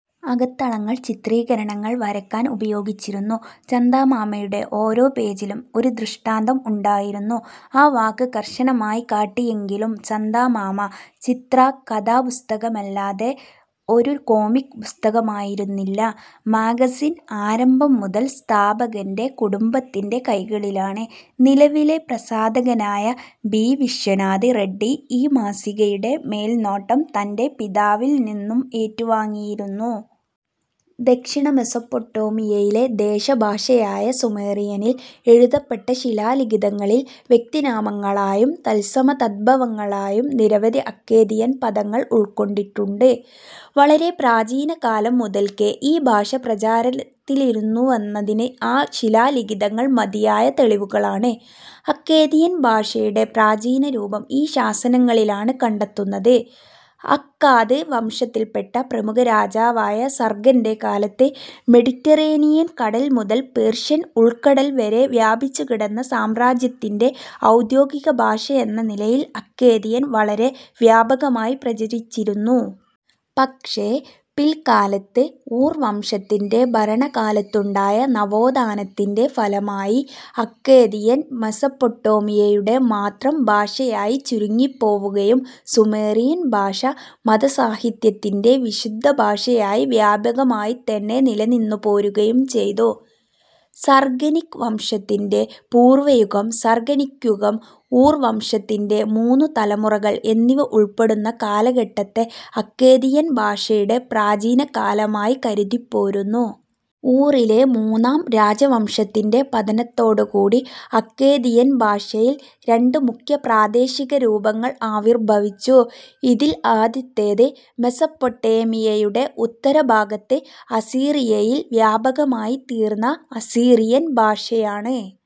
അകത്തളങ്ങൾ ചിത്രീകരണങ്ങൾ വരയ്ക്കാൻ ഉപയോഗിച്ചിരുന്നു. ചന്ദാമാമയുടെ ഓരോ പേജിലും ഒരു ദൃഷ്ടാന്തം ഉണ്ടായിരുന്നു. ആ വാക്ക് കർശനമായി കാട്ടിയെങ്കിലും ചന്ദാമാമ ചിത്രാ-കഥാപുസ്തകമല്ലാതെ ഒരു കോമിക്ക് പുസ്തകമായിരുന്നില്ല. മാഗസിൻ ആരംഭം മുതൽ സ്ഥാപകന്റെ കുടുംബത്തിന്റെ കൈകളിലാണ്. നിലവിലെ പ്രസാധകനായ ബി വിശ്വനാഥ് റെഡ്ഡി ഈ മാസികയുടെ മേൽനോട്ടം തന്റെ പിതാവിൽ നിന്നും ഏറ്റുവാങ്ങിയിരുന്നു. ദക്ഷിണ മെസൊപ്പൊട്ടേമിയയിലെ ദേശഭാഷയായ സുമേറിയനിൽ എഴുതപ്പെട്ട ശിലാലിഖിതങ്ങളിൽ, വ്യക്തിനാമങ്ങളായും തത്സമ-തദ്ഭവങ്ങളായും നിരവധി അക്കേദിയൻ പദങ്ങൾ ഉൾക്കൊണ്ടിട്ടുണ്ട്. വളരെ പ്രാചീനകാലം മുതൽക്കേ ഈ ഭാഷ പ്രചാരത്തിലിരുന്നുവെന്നതിന് ആ ശിലാലിഖിതങ്ങൾ മതിയായ തെളിവുകളാണ്. അക്കേദിയൻ ഭാഷയുടെ പ്രാചീനരൂപം ഈ ശാസനങ്ങളിലാണ് കണ്ടെത്തുന്നത്. അക്കാദ് വംശത്തിൽപ്പെട്ട പ്രമുഖ രാജാവായ സർഗന്റെ കാലത്ത് മെഡിറ്ററേനിയൻ കടൽ മുതൽ പേർഷ്യൻ ഉൾക്കടൽ വരെ വ്യാപിച്ചുകിടന്ന സാമ്രാജ്യത്തിന്റെ ഔദ്യോഗികഭാഷയെന്ന നിലയിൽ അക്കേദിയൻ വളരെ വ്യാപകമായി പ്രചരിച്ചിരുന്നു. പക്ഷേ പില്ക്കാലത്ത് ഊർ വംശത്തിന്റെ ഭരണകാലത്തുണ്ടായ നവോത്ഥാനത്തിന്റെ ഫലമായി അക്കേദിയൻ മെസൊപ്പൊട്ടേമിയയുടെ മാത്രം ഭാഷയായി ചുരുങ്ങിപ്പോവുകയും സുമേറിയൻ ഭാഷ മതസാഹിത്യത്തിന്റെ വിശുദ്ധ ഭാഷയായി വ്യാപകമായിത്തന്നെ നിലനിന്നുപോരുകയും ചെയ്തു. സർഗനിക് വംശത്തിന്റെ പൂർവയുഗം, സർഗനിക്യുഗം, ഊർവംശത്തിന്റെ മൂന്നു തലമുറകൾ എന്നിവ ഉൾപ്പെടുന്ന കാലഘട്ടത്തെ, അക്കേദിയൻ ഭാഷയുടെ പ്രാചീനകാലമായി കരുതിപ്പോരുന്നു. ഊറിലെ മൂന്നാം രാജവംശത്തിന്റെ പതനത്തോടുകൂടി അക്കേദിയൻ ഭാഷയിൽ രണ്ടു മുഖ്യപ്രാദേശികരൂപങ്ങൾ ആവിർഭവിച്ചു. ഇതിൽ ആദ്യത്തേത് മെസൊപ്പൊട്ടേമിയയുടെ ഉത്തരഭാഗത്ത് അസീറിയയിൽ വ്യാപകമായിത്തീർന്ന അസീറിയൻഭാഷയാണ്.